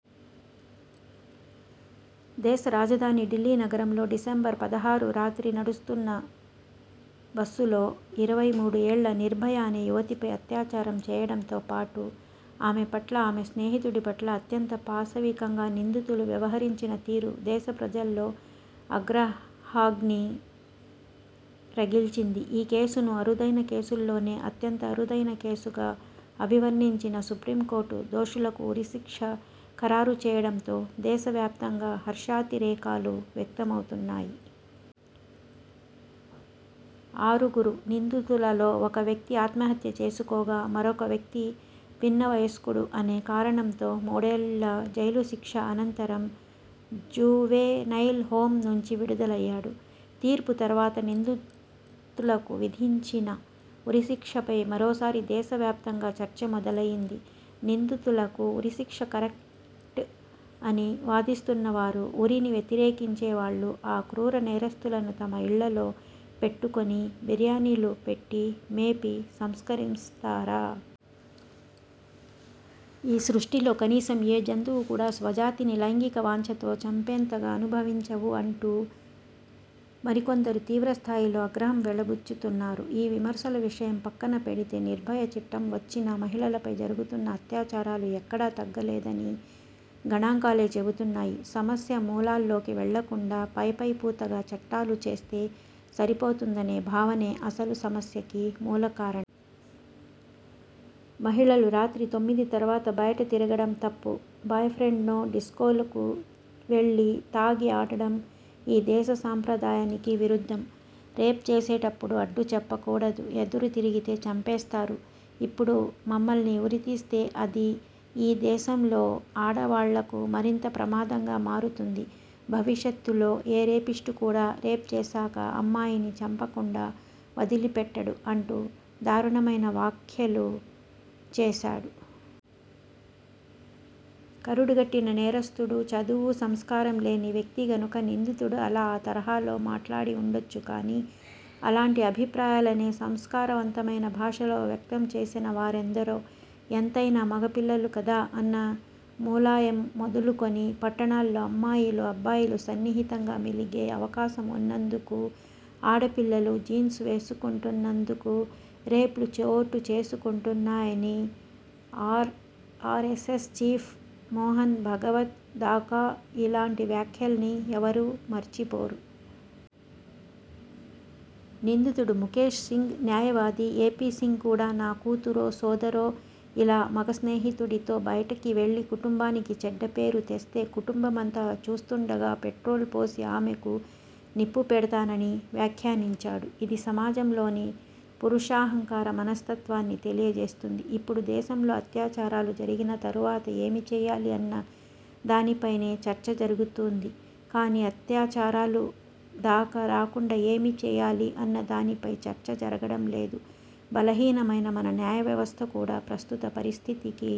దేశ రాజధాని ఢిల్లీ నగరంలో డిసెంబర్ పదహారు రాత్రి నడుస్తున్న బస్సులో ఇరవై మూడు ఏళ్ళ 'నిర్భయ' అనే యువతిపై అత్యా చారం చేయడంతో పాటు ఆమె పట్ల, ఆమె స్నేహితుడి పట్ల అత్యంత పాశవికంగా నిందితులు వ్యవహరించిన తీరు దేశ ప్రజల్లో ఆగ్రహాగ్ని రగిల్చింది ఈ కేసును అరుదైన కేసుల్లోనే అత్యంత అరుదైన కేసుగా అభివర్ణించిన సుప్రీంకోర్టు దోషులకు ఉరిశిక్ష ఖరారు చేయడంతో దేశ వ్యాప్తంగా హర్షాతిరేకాలు వ్యక్తమవుతున్నాయి. ఆరుగురు నిందితులలో ఒక వ్యక్తి ఆత్మహత్య చేసుకోగా, మరొక వ్యక్తి పిన్న వయస్కుడు అనే కారణంతో మూడేళ్ళ జైలుశిక్ష అనంతరం జువెనైల్ హోమ్ నుంచి విడుదలయ్యాడు. తీర్పు తరువాత నిందితులకు విధించిన ఉరిశిక్షపై మరోసారి దేశవ్యాప్తంగా చర్చ మొదలయ్యింది. నిందితులకు ఉరిశిక్షే కరెక్ట్ అని వాదిస్తున్నవారు ఉరిని వ్యతిరేకించే వాళ్ళు ఆ క్రూర నేరస్థులను తమ ఇళ్ళల్లో పెట్టుకుని బిర్యానీలు పెట్టి మేపి సంస్కరిస్తారా? ఈ సృష్టిలో కనీసం ఏ జంతువు కూడా స్వజాతిని లైంగిక వాంఛతో చంపేంతగా అనుభవించవు అంటూ మరికొందరు తీవ్రస్థాయిలో ఆగ్రహం వెళ్లబుచ్చుతున్నారు. ఈ విమర్శల విషయం పక్కన పెడితేనిర్భయ చట్టం వచ్చినా మహిళలపై జరుగుతున్న అత్యాచారాలు ఎక్కడా తగ్గలేదని గణాంకాలే చెబుతున్నాయి. సమస్య మూలాల్లోకి వెళ్లకుండా పైపై పూతగా చట్టాలు చేస్తే సరిపోతుందనే భావనే అసలు సమస్యకి మూలకార మహిళలు రాత్రి తొమ్మిది తరువాత బయట తిరగడం తప్పు. బాయ్ఫ్రెండ్స్తో డిస్కోలకు వెళ్లి తాగి ఆడడం ఈ దేశ సాంప్రదాయానికి విరుద్ధం. రేప్ చేసేటప్పుడు అడ్డుచెప్పకూడదు. ఎదురు తిరిగితే చంపేస్తారు. ఇప్పుడు మమ్మల్ని ఉరితీస్తే అది ఈ దేశంలో ఆడవాళ్లకు మరింత ప్రమాదంగా మారుతుంది. భవిష్యత్తులో ఏ రేపిస్టు కూడా రేప్ చేసాక అమ్మాయిని చంపకుండా వదిలిపెట్టడు' అంటూ దారుణమైన వ్యాఖ్యలు చేసాడు. కరుడు గట్టిన నేరస్థుడు, చదువు, సంస్కారం లేని వ్యక్తి గనుక నిందితుడు అలా ఆ తరహాలో మాట్లాడి ఉండొచ్చు కానీ, అలాంటి అభిప్రాయాలనే సంస్కారవంతమైన భాషలో వ్యక్తంచేసిన వారెందరో! 'ఎంతైనా మగ పిల్లలు కదా' అన్న ములాయం మొదలుకొని, 'పట్టణాల్లో అమ్మాయిలు, అబ్బాయిలు సన్నిహితంగా మెలిగే అవకాశం ఉన్నందుకూ, ఆడపిల్లలు జీన్స్ వేసుకుంటున్నందుకూ రేప్లు చోటుచేసుకుంటున్నాయని' ఆర్ఆరెస్సెస్ చీఫ్ మోహన్ భగవత్ దాకా ఇలాంటి వ్యాఖ్యల్ని ఎవరూ మరిచిపోరు. నిందితుడు ముకేశ్ సింగ్ న్యాయవాది ఏపీ సింగ్ కూడా నా కూతురో, సోదరో ఇలా మగస్నేహితుడితో బయటకివెళ్ళి కుటుంబానికి చెడ్డపేరు తెస్తే కుటుంబమంతా చూస్తుండగా పెట్రోల్ పోసి ఆమెకు నిప్పు పెడతానని వ్యాఖ్యానించాడు. ఇది సమాజంలోని పురుషాహంకార మనస్తత్వాన్ని తెలియచేస్తుంది. ఇప్పుడు దేశంలో అత్యాచారాలు జరిగిన తరువాత ఏమి చేయాలి అన్న దానిపైనే చర్చ జరుగుతుంది కానీ, అత్యాచారాలు దాకా రాకుండా ఏమి చేయాలి అన్నదానిపైనే చర్చ జరగడం లేదు. బలహీనమైన మన న్యాయవ్యవస్థ కూడా ప్రస్తుత పరిస్థితికి